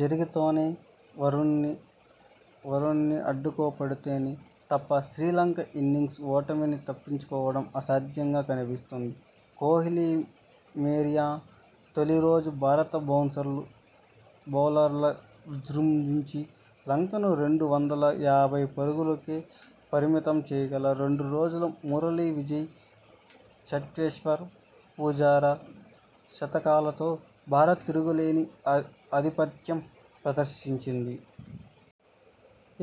జరిగితేనో వరుణునీ అడ్డుపడితేనో తప్ప శ్రీలంక ఇన్నింగ్స్ ఓటమిని తప్పించుకోవడం అసాధ్యంగా కనిపిస్తోంది. కోహ్లీ మేరీయా తొలిరోజు భారత బౌన్సర్లు బౌలర్లు విజృంభించి లంకను రెండు వందల యాభై పరుగులకే పరిమితం చేయగాల రెండోరోజు మురళీ విజయ్, చటేశ్వర్ పుజారా శతకాలతో భారత్ తిరుగులేని ఆధిపత్యం ప్రదర్శించింది.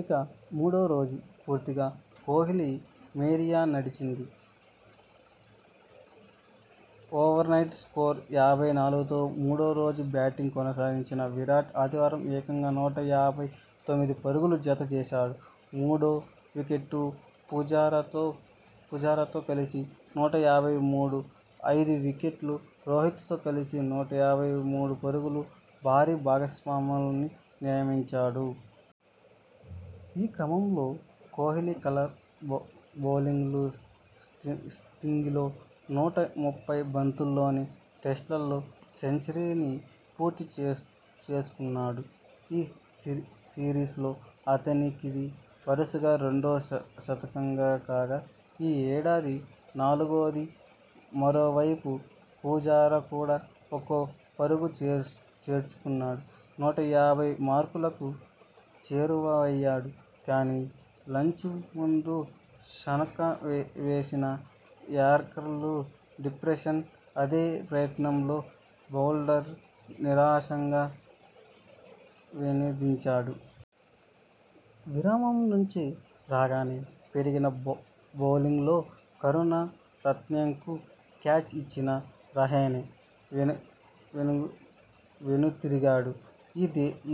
ఇక మూడోరోజు పూర్తిగా కోహ్లీ మేనియా నడిచింది. ఓవర్నైట్ స్కోరు యాభై నాలుగుతో మూడోరోజు బ్యాటింగ్ కొనసాగించిన విరాట్ ఆదివారం ఏకంగా నూట యాభై తొమ్మిది పరుగులు జతచేశాడు. మూడో వికెట్కు పుజారా తో కలిసి నూట ఎనభై మూడు, ఐదు వికెట్కు రోహిత్తో కలిసి నూట డెబ్బై మూడు పరుగుల భారీ భాగస్వామ్యాలు న్యాయమించాడు ఈ క్రమంలో కోహ్లీకలరు లొబౌలింగ్లో సింగిల్తో నూట ముప్పై బంతుల్లోనే టెస్టుల్లో సెంచరీని పూర్తి చేసుకున్నాడు. ఈ సిరీస్లో అతనికిది వరుసగా రెండో శతకం కాగా ఈ ఏడాది నాలుగోది. మరోవైపు పుజారా కూడా ఒక్కో పరుగు చేర్చుకుంనాడు నూట యాభై మార్కుకు చేరువయ్యాడు. కానీ లంచ్కు ముందు షనక వేసిన యార్కర్ను డిఫెన్స్ ఆడే ప్రయత్నంలో బౌల్డయి నిరాశగా వెనుదించాడు విరామం నుంచి రాగానే పెరీర బౌలింగ్లో కరుణ రత్నెకు క్యాచ్ ఇచ్చిన రహానె వెనుతిరిగాడు.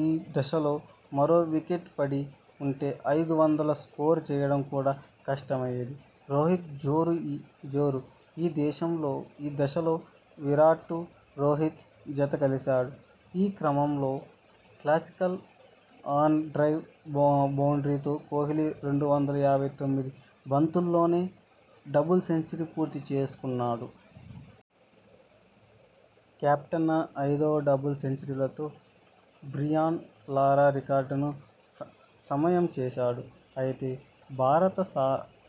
ఈ దశలో మరో వికెట్ పడి ఉంటే ఐదు వందల స్కోరు చేయడం కూడా కష్టమయ్యేది. రోహిత్ జోరు ఈ దశలో విరాట్కు రోహిత్ జతకలిశాడు. ఈ క్రమంలోనే క్లాసికల్ ఆన్ డ్రైవ్ బౌండ్రీతో కోహ్లీ రెండు వందల యాభై తొమ్మిది బంతుల్లోనే డబుల్ సెంచరీ పూర్తి చేసుకున్నాడు. కెప్టెన్గా ఐదో డబుల్ సెంచరీతో బ్రియాన్ లారా రికార్డును సమయం చేశాడు. అయితే భారత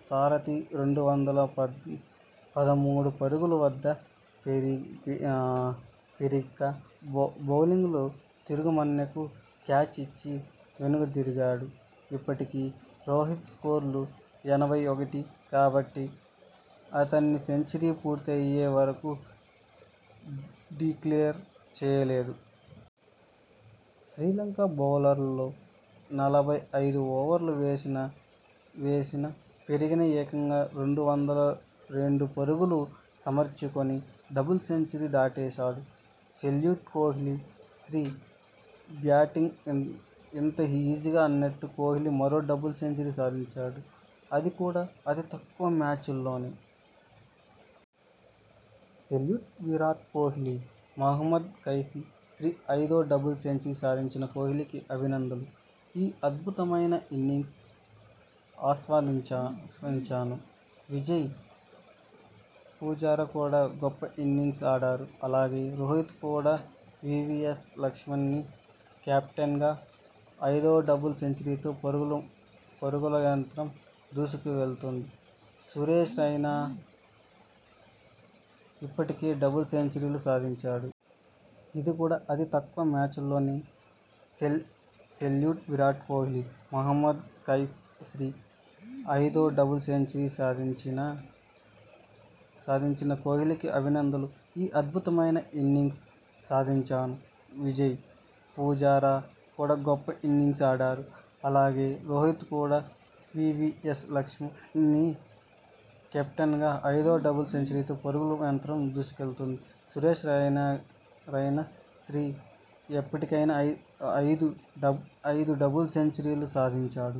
సారథి రెండు వందల పదమూడు పరుగుల వద్ద పెరీక బౌలింగ్లో తిరిమన్నెకు క్యాచ్ ఇచ్చి వెనుదిరిగాడు. అప్పటికి రోహిత్ స్కోరులుఎనభై ఒకటి. కాబట్టి అతని సెంచరీ పూర్తయ్యే వరకూ డిక్లేర్ చేయలేదు. శ్రీలంక బౌలర్లలో నలభై ఐదు ఓవర్లు వేసిన పెరీగిన ఏకంగా రెండు వందల రెండు పరుగులు సమర్పించుకొని డబుల్ సెంచరీ దాటేశాడు. సెల్యూట్ కోహ్లీ! శ్రీ 'బ్యాటింగ్ ఇంత ఈజీనా అన్నట్టు కోహ్లీ మరో డబుల్ సెంచరీ సాధించాడు. అది కూడా అతి తక్కువ మ్యాచ్ లోనే. సెల్యూట్ విరాట్ కోహ్లీ' మహ్మద్ కైఫ్ శ్రీ 'ఐదో డబుల్ సెంచరీ సాధించిన కోహ్లీకి అభినందనలు. ఈ అద్భుతమైన ఇన్నింగ్స్ను ఆస్వాదించాను. విజయ్, పుజారా కూడా గొప్ప ఇన్నింగ్స్ ఆడారు. అలాగే రోహిత్ కూడా ' వీవీఎస్ లక్ష్మణ్శ్రీ 'కెప్టెన్గా ఐదో డబుల్ సెంచరీతో పరుగుల యంత్రం దూసుకెళ్తోంది' సురేష్ రైనా ఇప్పటికే డబుల్ సెంచరీలు సాధించేశాడు. అది కూడా అతి తక్కువ మ్యాచ్ల్లోనే. సెల్యూట్ విరాట్ కోహ్లీ'- మహ్మద్ కైఫ్ శ్రీ 'ఐదో డబుల్ సెంచరీ సాధించిన కోహ్లీకి అభినందనలు. ఈ అద్భుతమైన ఇన్నింగ్స్ను సాదించాను. విజయ్, పుజారా కూడా గొప్ప ఇన్నింగ్స్ ఆడారు. అలాగే రోహిత్ కూడా ' వీవీఎస్ లక్ష్మణ్శ్రీ 'కెప్టెన్గా ఐదో డబుల్ సెంచరీతో పరుగుల యంత్రం దూసుకెళ్తోంది' సురేష్ రైనాశ్రీ 'ఇప్పటికే ఐదు డబుల్ సెంచరీలు సాధించేశాడు.